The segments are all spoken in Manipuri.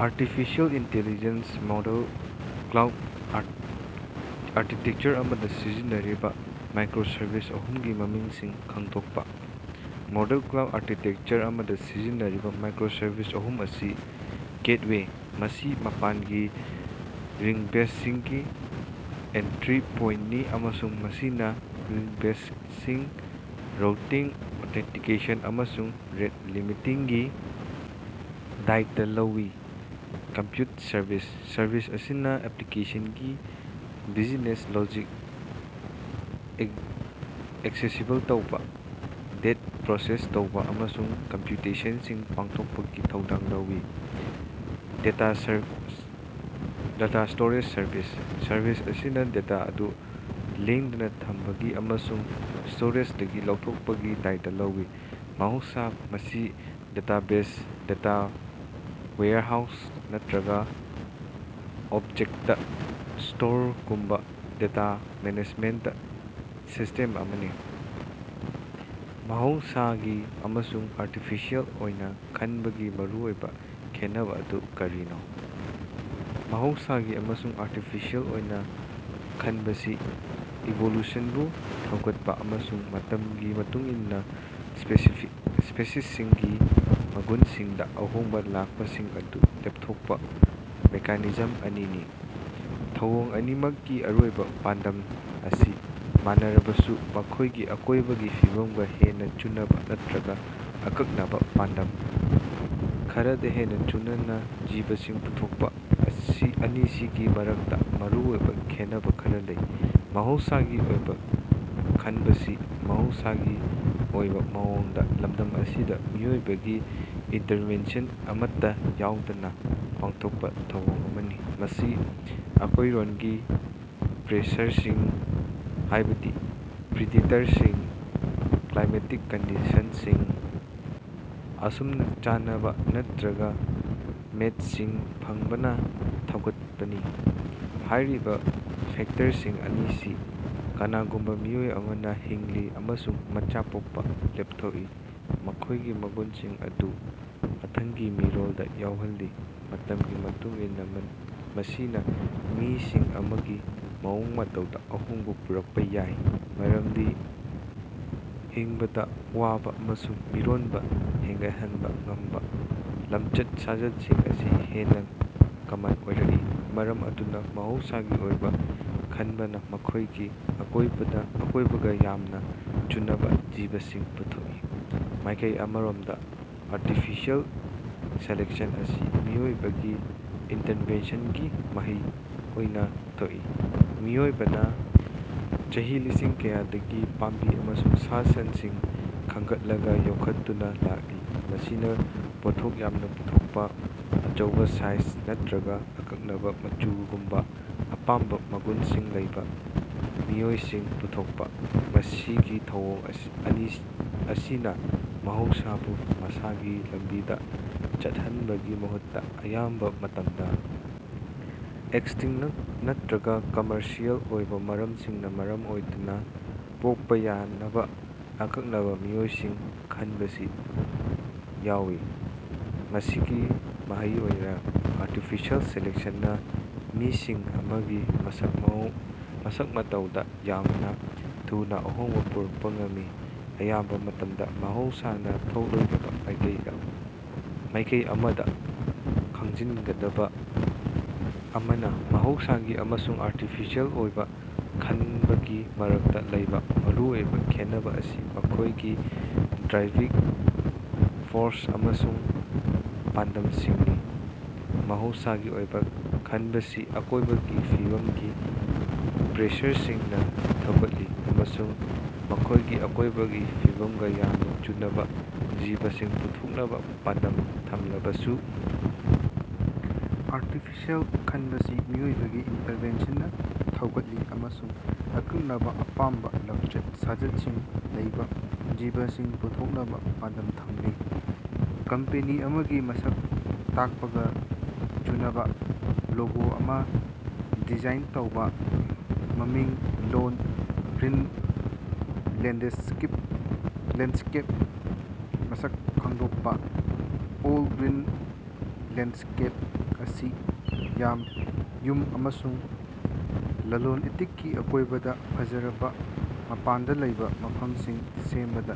Artificial intelligence model cloud architecture ꯑꯃꯗ ꯁꯤꯖꯤꯟꯅꯔꯤꯕ ꯃꯥꯏꯀ꯭ꯔꯣ-ꯁꯔꯚꯤꯁ ꯑꯍꯨꯝꯒꯤ ꯃꯃꯤꯡꯁꯤꯡ ꯈꯪꯗꯣꯛꯄ꯫ ꯃꯣꯗꯦꯜ ꯀ꯭ꯂꯥꯎꯗ ꯑꯥꯔꯀꯤꯇꯦꯛꯆꯔ ꯑꯃꯗ ꯁꯤꯖꯤꯟꯅꯔꯤꯕ ꯃꯥꯏꯀ꯭ꯔꯣ-ꯁꯔꯚꯤꯁ ꯑꯍꯨꯝ ꯑꯁꯤ: ꯒꯦꯠꯋꯦ: ꯃꯁꯤ ꯃꯄꯥꯟꯒꯤ ꯔꯤꯛꯕꯦꯁ꯭ꯇꯁꯤꯡꯒꯤ ꯑꯦꯟꯇ꯭ꯔꯤ ꯄꯣꯏꯟꯇꯅꯤ ꯑꯃꯁꯨꯡ ꯃꯁꯤꯅ ꯔꯤꯛꯕꯦꯁꯇꯁꯤꯡ ꯔꯨꯇꯤꯡ, ꯑꯣꯊꯦꯟꯇꯤꯀꯦꯁꯟ, ꯑꯃꯁꯨꯡ ꯔꯦꯠ ꯂꯤꯃꯤꯇꯤꯡꯒꯤ ꯗꯥꯏꯇ ꯂꯧꯏ꯫ ꯀꯝꯄ꯭ꯌꯨꯠ ꯁꯔꯚꯤꯁ: ꯁꯔꯚꯤꯁ ꯑꯁꯤꯅ ꯑꯦꯄ꯭ꯂꯤꯀꯦꯁꯟꯒꯤ ꯕꯤꯖꯤꯅꯦꯁ ꯂꯣꯖꯤꯛ ꯑꯦꯛꯁꯦꯁꯤꯕꯜ ꯇꯧꯕ, ꯗꯦꯇ ꯄ꯭ꯔꯣꯁꯦꯁ ꯇꯧꯕ ꯑꯃꯁꯨꯡ ꯀꯝꯄ꯭ꯌꯨꯇꯦꯁꯟꯁꯤꯡ ꯄꯥꯡꯊꯣꯛꯄꯒꯤ ꯊꯧꯗꯥꯡ ꯂꯧꯏ꯫ ꯗꯦꯇ ꯁ꯭ꯇꯣꯔꯦꯖ ꯁꯔꯚꯤꯁ: ꯁꯔꯚꯤꯁ ꯑꯁꯤꯅ ꯗꯦꯇꯥ ꯑꯗꯨ ꯂꯦꯡꯗꯅ ꯊꯝꯕꯒꯤ ꯑꯃꯁꯨꯡ ꯁ꯭ꯇꯣꯔꯦꯖꯗꯒꯤ ꯂꯧꯊꯣꯛꯄꯒꯤ ꯗꯥꯏꯇ ꯂꯧꯏ꯫ ꯃꯍꯧꯁꯥꯅ, ꯃꯁꯤ ꯗꯦꯇꯥꯕꯦꯖ, ꯗꯦꯇꯥ ꯋꯦꯌꯔꯍꯥꯎꯁ ꯅꯠꯇ꯭ꯔꯒ ꯑꯣꯕꯖꯦꯛꯇ ꯁ꯭ꯇꯣꯔꯒꯨꯝꯕ ꯗꯦꯇ ꯃꯦꯅꯦꯖꯃꯦꯟꯇ ꯁꯤꯁ꯭ꯇꯦꯝ ꯑꯃꯅꯤ꯫ ꯃꯍꯧꯁꯥꯒꯤ ꯑꯃꯁꯨꯡ ꯑꯥꯔꯇꯤꯐꯤꯁꯤꯑꯦꯜ ꯑꯣꯏꯅꯥ ꯈꯟꯕꯒꯤ ꯃꯔꯨꯑꯣꯏꯕ ꯈꯦꯠꯅꯕ ꯑꯗꯨ ꯀꯔꯤꯅꯣ? ꯃꯍꯧꯁꯥꯒꯤ ꯑꯃꯁꯨꯡ ꯑꯥꯔꯇꯤꯐꯤꯁꯤꯑꯦꯜ ꯑꯣꯏꯅ ꯈꯟꯕꯁꯤ ꯏꯚꯣꯂꯨꯁꯟꯕꯨ ꯊꯧꯒꯠꯄ ꯑꯃꯁꯨꯡ ꯃꯇꯝꯒꯤ ꯃꯇꯨꯡ ꯏꯟꯅ ꯁ꯭ꯄꯦꯁꯤꯁꯁꯤꯡꯒꯤ ꯃꯒꯨꯟꯁꯤꯡꯗ ꯑꯍꯣꯡꯕ ꯂꯥꯛꯄꯁꯤꯡ ꯑꯗꯨ ꯂꯦꯞꯊꯣꯛꯄ ꯃꯦꯀꯥꯅꯤꯖꯝ ꯑꯅꯤꯅꯤ꯫ ꯊꯧꯑꯣꯡ ꯑꯅꯤꯃꯛꯀꯤ ꯑꯔꯣꯏꯕ ꯄꯥꯟꯗꯝ ꯑꯁꯤ ꯃꯥꯟꯅꯔꯕꯁꯨ ꯃꯈꯣꯏꯒꯤ ꯑꯀꯣꯏꯕꯒꯤ ꯐꯤꯕꯝꯒ ꯍꯦꯟꯅ ꯆꯨꯅꯕ ꯅꯠꯇ꯭ꯔꯒ ꯑꯀꯛꯅꯕ ꯄꯥꯟꯗꯝ ꯈꯔꯗ ꯍꯦꯟꯅ ꯆꯨꯅꯕ ꯖꯤꯕꯁꯤꯡ ꯄꯨꯊꯣꯛꯄ ꯑꯅꯤꯁꯤꯒꯤ ꯃꯔꯛꯇ ꯃꯔꯨꯑꯣꯏꯕ ꯈꯦꯠꯅꯕ ꯈꯔ ꯂꯩ꯫ ꯃꯍꯧꯁꯥꯒꯤ ꯑꯣꯏꯕꯥ ꯈꯟꯕꯁꯤ ꯃꯍꯧꯁꯥꯒꯤ ꯑꯣꯏꯕ ꯃꯑꯣꯡꯗ ꯂꯞꯗꯝ ꯑꯁꯤꯗ, ꯃꯤꯑꯣꯏꯕꯒꯤ ꯏꯟꯇꯔꯚꯦꯟꯁꯟ ꯑꯃꯠꯇ ꯌꯥꯎꯗꯅ ꯄꯥꯡꯊꯣꯛꯄ ꯊꯧꯑꯣꯡ ꯑꯃꯅꯤ꯫ ꯃꯁꯤ ꯑꯀꯣꯏꯔꯣꯟꯒꯤ ꯄ꯭ꯔꯦꯁꯔꯁꯤꯡ, ꯍꯥꯏꯕꯗꯤ ꯄ꯭ꯔꯤꯗꯦꯇꯔꯁꯤꯡ, ꯀ꯭ꯂꯥꯏꯃꯦꯇꯤꯛ ꯀꯟꯗꯤꯁꯟꯁꯤꯡ, ꯑꯁꯨꯝꯅ ꯆꯥꯅꯕꯥ ꯅꯠꯠꯔꯒꯥ ꯃꯦꯠꯁꯤꯡ ꯐꯪꯕꯅꯥ ꯊꯧꯒꯠꯄꯅꯤ꯫ ꯍꯥꯏꯔꯤꯕ ꯐꯦꯛꯇꯔꯁꯤꯡ ꯑꯁꯤꯅ ꯀꯅꯥꯒꯨꯝꯕ ꯃꯤꯑꯣꯏ ꯑꯃꯅ ꯍꯤꯡꯂꯤ ꯑꯃꯁꯨꯡ ꯃꯆꯥ ꯄꯣꯛꯄ ꯂꯦꯞꯊꯣꯛꯏ, ꯃꯈꯣꯏꯒꯤ ꯃꯒꯨꯟꯁꯤꯡ ꯑꯗꯨ ꯃꯊꯪꯒꯤ ꯃꯤꯔꯣꯜꯗ ꯌꯧꯍꯜꯂꯤ꯫ ꯃꯇꯝꯒꯤ ꯃꯇꯨꯡꯏꯟꯅ, ꯃꯁꯤꯅꯥ ꯃꯤꯁꯤꯡ ꯑꯃꯒꯤ ꯃꯑꯣꯡ-ꯃꯇꯧꯗ ꯑꯍꯣꯡꯕ ꯄꯨꯔꯛꯄꯥ ꯌꯥꯏ, ꯃꯔꯝꯗꯤ ꯍꯤꯡꯕꯗ ꯋꯥꯕ ꯑꯃꯁꯨꯡ ꯃꯤꯔꯣꯟꯕ ꯍꯦꯟꯒꯠꯍꯟꯕ ꯉꯝꯕ ꯂꯝꯆꯠ-ꯁꯥꯖꯠꯁꯤꯡ ꯑꯁꯤ ꯍꯦꯟꯅ ꯀꯃꯟ ꯑꯣꯏꯔꯛꯏ꯫ ꯃꯔꯝ ꯑꯗꯨꯅ ꯃꯍꯧꯁꯥꯒꯤ ꯑꯣꯏꯕ ꯈꯟꯕꯅ ꯃꯈꯣꯏꯒꯤ ꯑꯀꯣꯏꯕꯒ ꯌꯥꯝꯅ ꯆꯨꯅꯕ ꯖꯤꯕꯁꯤꯡ ꯄꯨꯊꯣꯛꯏ꯫ ꯃꯥꯏꯀꯩ ꯑꯃꯔꯣꯝꯗ ꯑꯥꯔꯇꯤꯐꯤꯁꯤꯑꯦꯜ ꯁꯦꯂꯦꯛꯁꯟ ꯑꯁꯤ ꯃꯤꯑꯣꯏꯕꯒꯤ ꯏꯟꯇꯔꯚꯦꯟꯁꯟꯒꯤ ꯃꯍꯩ ꯑꯣꯏꯅ ꯊꯣꯛꯏ꯫ ꯃꯤꯑꯣꯏꯕꯅ ꯆꯍꯤ ꯂꯤꯁꯤꯡ ꯀꯌꯥꯗꯒꯤ ꯄꯥꯝꯕꯤ ꯑꯃꯁꯨꯡ ꯁꯥ-ꯁꯟꯁꯤꯡ ꯈꯟꯒꯠꯂꯒ ꯌꯣꯛꯈꯠꯇꯨꯅ ꯂꯥꯛꯂꯤ, ꯃꯁꯤꯅ ꯄꯣꯠꯊꯣꯛ ꯌꯥꯝꯅꯥ ꯄꯨꯊꯣꯀꯄꯥ, ꯑꯆꯧꯕꯥ ꯁꯥꯏꯖ ꯅꯠꯠꯔꯒꯥ ꯑꯀꯛꯅꯕꯥ ꯃꯆꯨꯒꯨꯝꯕ ꯑꯄꯥꯝꯕ ꯃꯒꯨꯟꯁꯤꯡ ꯂꯩꯕ ꯃꯤꯑꯣꯏꯁꯤꯡ ꯄꯨꯊꯣꯛꯂꯤ꯫ ꯃꯁꯤꯒꯤ ꯊꯧꯑꯣꯡ ꯑꯁꯤꯅ ꯃꯍꯧꯁꯥꯕꯨ ꯃꯁꯥꯒꯤ ꯂꯝꯕꯤꯗꯥ ꯆꯠꯍꯟꯕꯒꯤ ꯃꯍꯨꯠꯇ, ꯑꯌꯥꯝꯕ ꯃꯇꯝꯗ ꯑꯦꯁ꯭ꯇꯦꯇꯤꯛ ꯅꯠꯇ꯭ꯔꯒ ꯀꯝꯃꯔꯁꯤꯑꯦꯜ ꯑꯣꯏꯕ ꯃꯔꯝꯁꯤꯡꯅ ꯃꯔꯝ ꯑꯣꯏꯗꯨꯅ, ꯄꯣꯛꯄ ꯌꯥꯅꯕ ꯑꯀꯛꯅꯕ ꯃꯤꯑꯣꯏꯁꯤꯡ ꯈꯟꯕꯁꯤ ꯌꯥꯎꯏ꯫ ꯃꯁꯤꯒꯤ ꯃꯍꯩ ꯑꯣꯏꯅ, ꯑꯥꯔꯇꯤꯐꯤꯁꯤꯑꯦꯜ ꯁꯦꯂꯦꯛꯁꯟꯅ ꯃꯤꯁꯤꯡ ꯑꯃꯒꯤ ꯃꯑꯣꯡ-ꯃꯇꯧꯗ ꯌꯥꯝꯅ ꯊꯨꯅ ꯑꯍꯣꯡꯕ ꯄꯨꯔꯛꯄ ꯉꯝꯃꯤ, ꯑꯌꯥꯝꯕ ꯃꯇꯝꯗ ꯃꯍꯧꯁꯥꯅ ꯊꯣꯛꯂꯣꯏꯗꯕ ꯃꯥꯏꯀꯩ ꯑꯃꯗ꯫ ꯈꯪꯖꯤꯟꯒꯗꯕ ꯑꯃꯅꯥ, ꯃꯍꯧꯁꯥꯒꯤ ꯑꯃꯁꯨꯡ ꯑꯥꯔꯇꯤꯐꯤꯁꯤꯑꯦꯜ ꯑꯣꯏꯕ ꯈꯟꯕꯒꯤ ꯃꯔꯛꯇ ꯂꯩꯕ ꯃꯔꯨꯑꯣꯏꯕ ꯈꯦꯠꯅꯕ ꯑꯁꯤ ꯃꯈꯣꯏꯒꯤ ꯗ꯭ꯔꯥꯏꯚꯤꯡ ꯐꯣꯔꯁ ꯑꯃꯁꯨꯡ ꯄꯥꯟꯗꯝꯁꯤꯡꯅꯤ꯫ ꯃꯍꯧꯁꯥꯒꯤ ꯑꯣꯏꯕ ꯈꯟꯕꯁꯤ ꯑꯀꯣꯏꯕꯒꯤ ꯐꯤꯕꯝꯒꯤ ꯄ꯭ꯔꯦꯁꯔꯁꯤꯡꯅ ꯊꯧꯒꯠꯂꯤ ꯑꯃꯁꯨꯡ ꯃꯈꯣꯏꯒꯤ ꯑꯀꯣꯏꯕꯒꯤ ꯐꯤꯕꯝꯒ ꯌꯥꯝꯅ ꯆꯨꯅꯕ ꯖꯤꯕꯁꯤꯡ ꯄꯨꯊꯣꯛꯅꯕ ꯄꯥꯟꯗꯝ ꯊꯝꯂꯕꯁꯨ, ꯑꯥꯔꯇꯤꯐꯤꯁꯤꯑꯦꯜ ꯈꯟꯕꯁꯤ ꯃꯤꯑꯣꯏꯕꯒꯤ ꯏꯟꯇꯔꯚꯦꯟꯁꯟꯅ ꯊꯧꯒꯠꯂꯤ ꯑꯃꯁꯨꯡ ꯑꯀꯛꯅꯕ, ꯑꯄꯥꯝꯕ ꯂꯝꯆꯠ-ꯁꯥꯖꯠꯁꯤꯡ ꯂꯩꯕ ꯖꯤꯕꯁꯤꯡ ꯄꯨꯊꯣꯛꯅꯕ ꯄꯥꯟꯗꯝ ꯊꯝꯂꯤ꯫ ꯀꯝꯄꯦꯅꯤ ꯑꯃꯒꯤ ꯃꯁꯛ ꯇꯥꯛꯄꯒ ꯆꯨꯅꯕꯥ ꯂꯣꯒꯣ ꯑꯃ ꯗꯤꯖꯥꯏꯟ ꯇꯧꯕ꯫ ꯃꯃꯤꯡ: ꯑꯣꯜ-ꯒ꯭ꯔꯤꯟ ꯂꯦꯟꯗꯁ꯭ꯀꯦꯞ ꯃꯁꯛ ꯈꯪꯗꯣꯛꯄ: ꯑꯣꯜ-ꯒ꯭ꯔꯤꯟ ꯂꯦꯟꯗꯁ꯭ꯀꯦꯞ ꯑꯁꯤ ꯌꯨꯝ ꯑꯃꯁꯨꯡ ꯂꯂꯣꯟ-ꯏꯇꯤꯛꯀꯤ ꯑꯀꯣꯏꯕꯗ ꯐꯖꯔꯕ ꯃꯄꯥꯟꯗ ꯂꯩꯕ ꯃꯐꯝꯁꯤꯡ ꯁꯦꯝꯕꯗ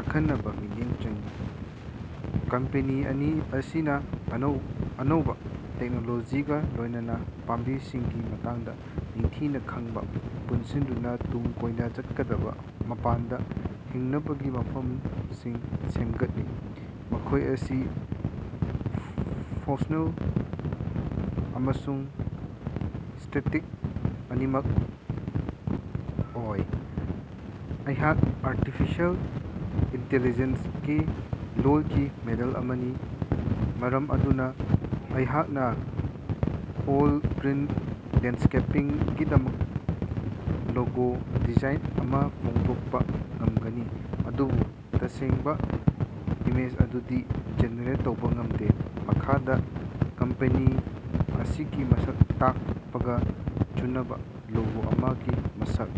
ꯑꯈꯟꯅꯕ ꯃꯤꯠꯌꯦꯡ ꯆꯪꯏ꯫ ꯀꯝꯄꯦꯅꯤ ꯑꯁꯤꯅ ꯑꯅꯧꯕ ꯇꯦꯛꯅꯣꯂꯣꯖꯤꯒꯥ ꯂꯣꯏꯅꯅ ꯄꯥꯝꯕꯤꯁꯤꯡꯒꯤ ꯃꯇꯥꯡꯗ ꯅꯤꯡꯊꯤꯅ ꯈꯪꯕꯥ ꯄꯨꯟꯁꯤꯟꯗꯨꯅ ꯇꯨꯡ ꯀꯣꯏꯅ ꯆꯠꯀꯗꯕ ꯃꯄꯥꯟꯗ ꯍꯤꯡꯅꯕꯒꯤ ꯃꯐꯝꯁꯤꯡ ꯁꯦꯝꯒꯠꯂꯤ, ꯃꯈꯣꯏ ꯑꯁꯤ ꯐꯪꯁ꯭ꯅꯦꯜ ꯑꯃꯁꯨꯡ ꯑꯦꯁ꯭ꯇꯦꯇꯤꯛ ꯑꯅꯤꯃꯛ ꯑꯣꯏ꯫ ꯑꯩꯍꯥꯛ ꯑꯥꯔꯇꯤꯐꯤꯁꯥꯑꯦꯜ ꯏꯟꯇꯤꯂꯤꯖꯦꯟꯁꯒꯤ ꯂꯣꯜꯒꯤ ꯃꯣꯗꯦꯜ ꯑꯃꯅꯤ, ꯃꯔꯝ ꯑꯗꯨꯅ ꯑꯩꯍꯥꯛꯅ ꯑꯣꯜ-ꯒ꯭ꯔꯤꯟ ꯂꯦꯟꯗꯁ꯭ꯀꯦꯄꯤꯡꯒꯤꯗꯃꯛ ꯂꯣꯒꯣ ꯗꯤꯖꯥꯏꯟ ꯑꯃꯥ ꯐꯣꯡꯗꯣꯛꯄ ꯉꯝꯒꯅꯤ, ꯑꯗꯨꯕꯨ ꯇꯁꯦꯡꯕ ꯏꯃꯦꯖ ꯑꯗꯨꯗꯤ ꯖꯦꯅꯦꯔꯦꯠ ꯇꯧꯕ ꯉꯝꯗꯦ꯫ ꯃꯈꯥꯗ ꯀꯝꯄꯦꯅꯤ ꯑꯁꯤꯒꯤ ꯃꯁꯛ ꯇꯥꯛꯄꯒ ꯆꯨꯅꯕ ꯂꯣꯒꯣ ꯑꯃꯒꯤ ꯃꯁꯛ